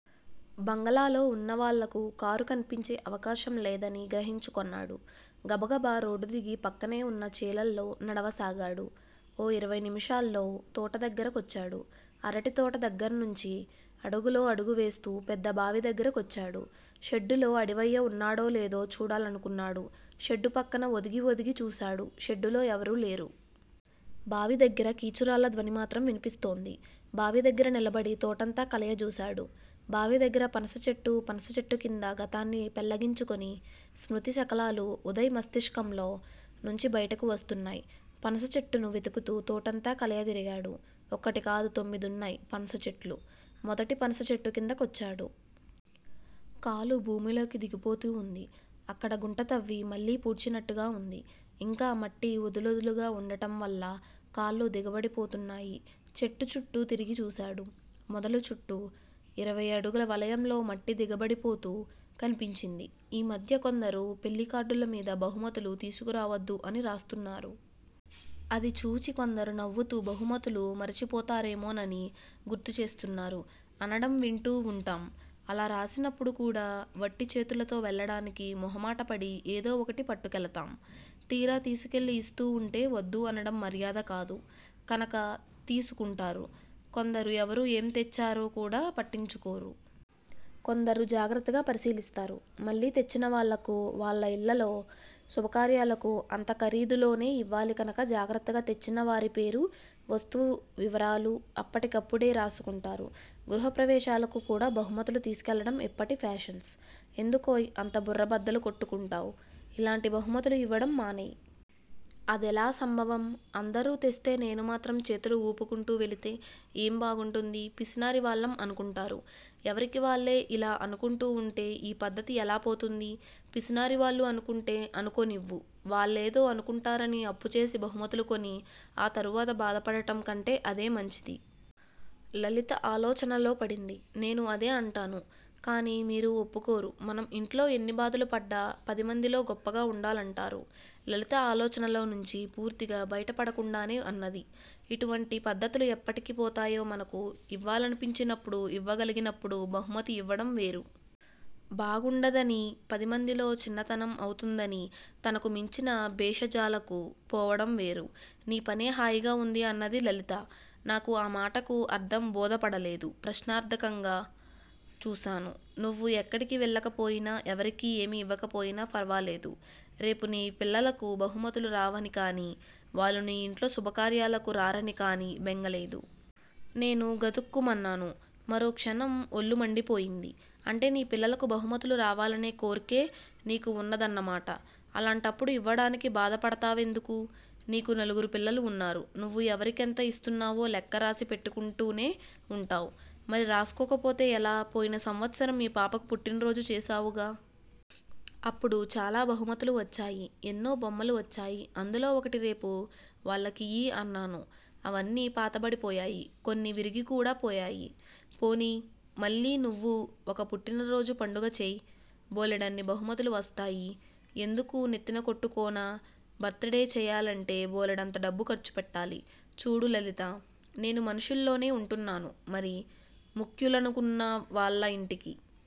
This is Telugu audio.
బంగళాలో వున్న వాళ్ళకు కారు కన్పించే అవకాశం లేదని గ్రహించుకొన్నాడు. గబగబా రోడ్డుదిగి పక్కనే వున్న చేలల్లో నడవసాగాడు. ఓ ఇరవై నిముషాల్లో తోటదగ్గర కొచ్చాడు. అరటితోట దగ్గిర్నుంచి అడుగులో అడుగువేస్తూ పెద్ద బావిదగ్గిర కొచ్చాడు. షెడ్డులో అడివయ్య ఉన్నాడో లేదో చూడాలనుకున్నాడు షెడ్డు పక్కన ఒదిగి ఒదిగి చూశాడు షెడ్డులో ఎవరూలేరు. బావి దగ్గిర కీచురాళ్ళ ధ్వనిమాత్రం విన్పిస్తోంది. బావి దగ్గర నిలబడి తోటంతా కలయజూశాడు. బావి దగ్గర పనసచెట్టు! పనసచెట్టుకింద గతాన్ని పెళ్ళగించుకొని శ్మృతి శకలాలు ఉదయ్ మస్తిష్కంలో నుంచి బయటికి వస్తున్నాయ్. పనస చెట్టును వెతుకుతూ, తోటంతా కలియతిరిగాడు. ఒక్కటి కాదు తొమ్మిదున్నాయి పనసచెట్లు. మొదటి పనసచెట్టుకింద కొచ్చాడు. కాలు భూమిలోకి దిగిపోతూవుంది. అక్కడ గుంట తవ్వి మళ్ళీ పూడ్చినట్టుగా వుంది. ఇంకా మట్టి వదులొదులుగా వుండటంవల్ల కాళ్ళు దిగబడిపోతున్నాయి. చెట్టుచుట్టూ తిరిగి చూశాడు. మొదలు చుట్టూ ఇరవైఅడుగుల వలయంలో మట్టి దిగబడిపోతూ కన్పించింది. ఈ మధ్య కొందరు పెళ్ళికార్డులమీద బహుమతులు తీసుకురావద్దు అని రాస్తున్నారు. అది చూచి కొందరు నవ్వుతూ బహుమతులు మరిచిపోతారేమోనని గుర్తు చేస్తున్నారు అనడం వింటూ వుంటాం. అలా రాసినప్పుడు కూడా వట్టి చేతులతో వెళ్ళడానికి మొహమాటపడి ఏదో ఒకటి పట్టుకెళతాం. తీరా తీసుకెళ్ళి ఇస్తూ ఉంటే వద్దు అనడం మర్యాద కాదు. కనక తీసుకుంటారు. కొందరు ఎవరు ఏం తెచ్చారో కూడా పట్టించుకోరు. కొందరు జాగ్రత్తగా పరిశీలిస్తారు. మళ్ళీ తెచ్చిన వాళ్ళకు వాళ్ళ ఇళ్ళలో శుభకార్యాలకు అంతఖరీదులోనే ఇవ్వాలి కనక జాగ్రత్తగా తెచ్చిన వారి పేరూ, వస్తువు వివరాలూ అప్పటికప్పుడే రాసుకుంటారు. గృహ ప్రవేశాలకు కూడా బహుమతులు తీసుకెళ్ళడం ఇప్పటి ఫాషన్స్! ఎందుకోయ్ అంత బుర్ర బద్దలు కొట్టుకుంటావు? ఇలాంటి బహుమతులు ఇవ్వడం మానెయ్. అదెలా సంభవం? అందరూ తెస్తే నేను మాత్రం చేతులు ఊపుకుంటూ వెళితే ఏం బాగుంటుంది. పిసినారి వాళ్లం అనుకుంటారు. ఎవరికి వాళ్ళే యిలా అనుకుంటూ ఉంటే ఈ పధ్ధతి ఎలా పోతుంది? పిసినారి వాళ్లు అనుకుంటే అనుకోనివ్వు వాళ్ళేదో అనుకుంటారని అప్పుచేసి బహుమతులు కొని ఆ తరువాత బాధపడటం కంటే అదే మంచిది. లలిత ఆలోచనలో పడింది. నేనూ అదే అంటాను. కాని మీరు ఒప్పుకోరు మనం ఇంట్లో ఎన్ని బాధలు పడ్డా పదిమందిలో గొప్పగా ఉండాలంటారు. లలిత ఆలోచనలో నుంచి పూర్తిగా బయటపడకుండానే అన్నది. ఇటువంటి పద్ధతులు ఎప్పటికి పోతాయో మనకు ఇవ్వాలనిపించినప్పుడు ఇవ్వగలిగినప్పుడు బహుమతి ఇవ్వడం వేరు. బాగుండదనీ, పది మందిలో చిన్నతనం అవుతుందనీ తనకు మించిన భేషజాలకు పోవడం వేరు. నీ పనే హాయిగా ఉంది అన్నది లలిత. నాకు ఆ మాటకు అర్థం బోధపడలేదు ప్రశ్నార్థకంగా చూశాను. నువ్వు ఎక్కడికి వెళ్ళకపోయినా, ఎవరికీ ఏమి ఇవ్వకపోయినా ఫరవాలేదు. రేపు నీ పిల్లలకు బహుమతులు రావని కానీ, వాళ్ళు నీ ఇంట్లో శుభకార్యాలకు రారని కానీ బెంగ లేదు. నేను గతుక్కుమన్నాను. మరో క్షణం ఒళ్ళుమండిపోయింది. అంటే నీ పిల్లలకు బహుమతులు రావాలనే కోర్కె నీకూ ఉన్నదన్నమాట. అలాంటప్పుడు ఇవ్వడానికి బాధపడతావెందుకూ? నీకు నలుగురు పిల్లలు ఉన్నారు. నువ్వు ఎవరికెంత ఇస్తున్నావో లెక్క రాసి పెట్టుకుంటూనే ఉంటావ్. మరి రాసుకోకపోతే ఎలా? పోయిన సంవత్సరం మీ పాపకు పుట్టినరోజు చేశావుగా? అప్పుడు చాలా బహుమతులు వచ్చాయి. ఎన్నో బొమ్మలు వచ్చాయి అందులో ఒకటి రేపు వాళ్ళకియ్యి అన్నాను. అవన్నీ పాతబడిపోయాయి. కొన్ని విరిగి కూడా పోయాయి. పోనీయ్ మళ్ళీ నువ్వూ ఒక పుట్టినరోజు పండగ చెయ్. బోలెడన్ని బహుమతులు వస్తాయి. ఎందుకూ నెత్తినకొట్టుకోనా? బర్త్ డే చెయ్యాలంటే బోలెడంత డబ్బు ఖర్చు పెట్టాలి. చూడు లలిత! నేను మనుషుల్లోనే ఉంటున్నాను. మరీ ముఖ్యులనుకున్న వాళ్ళ ఇంటికి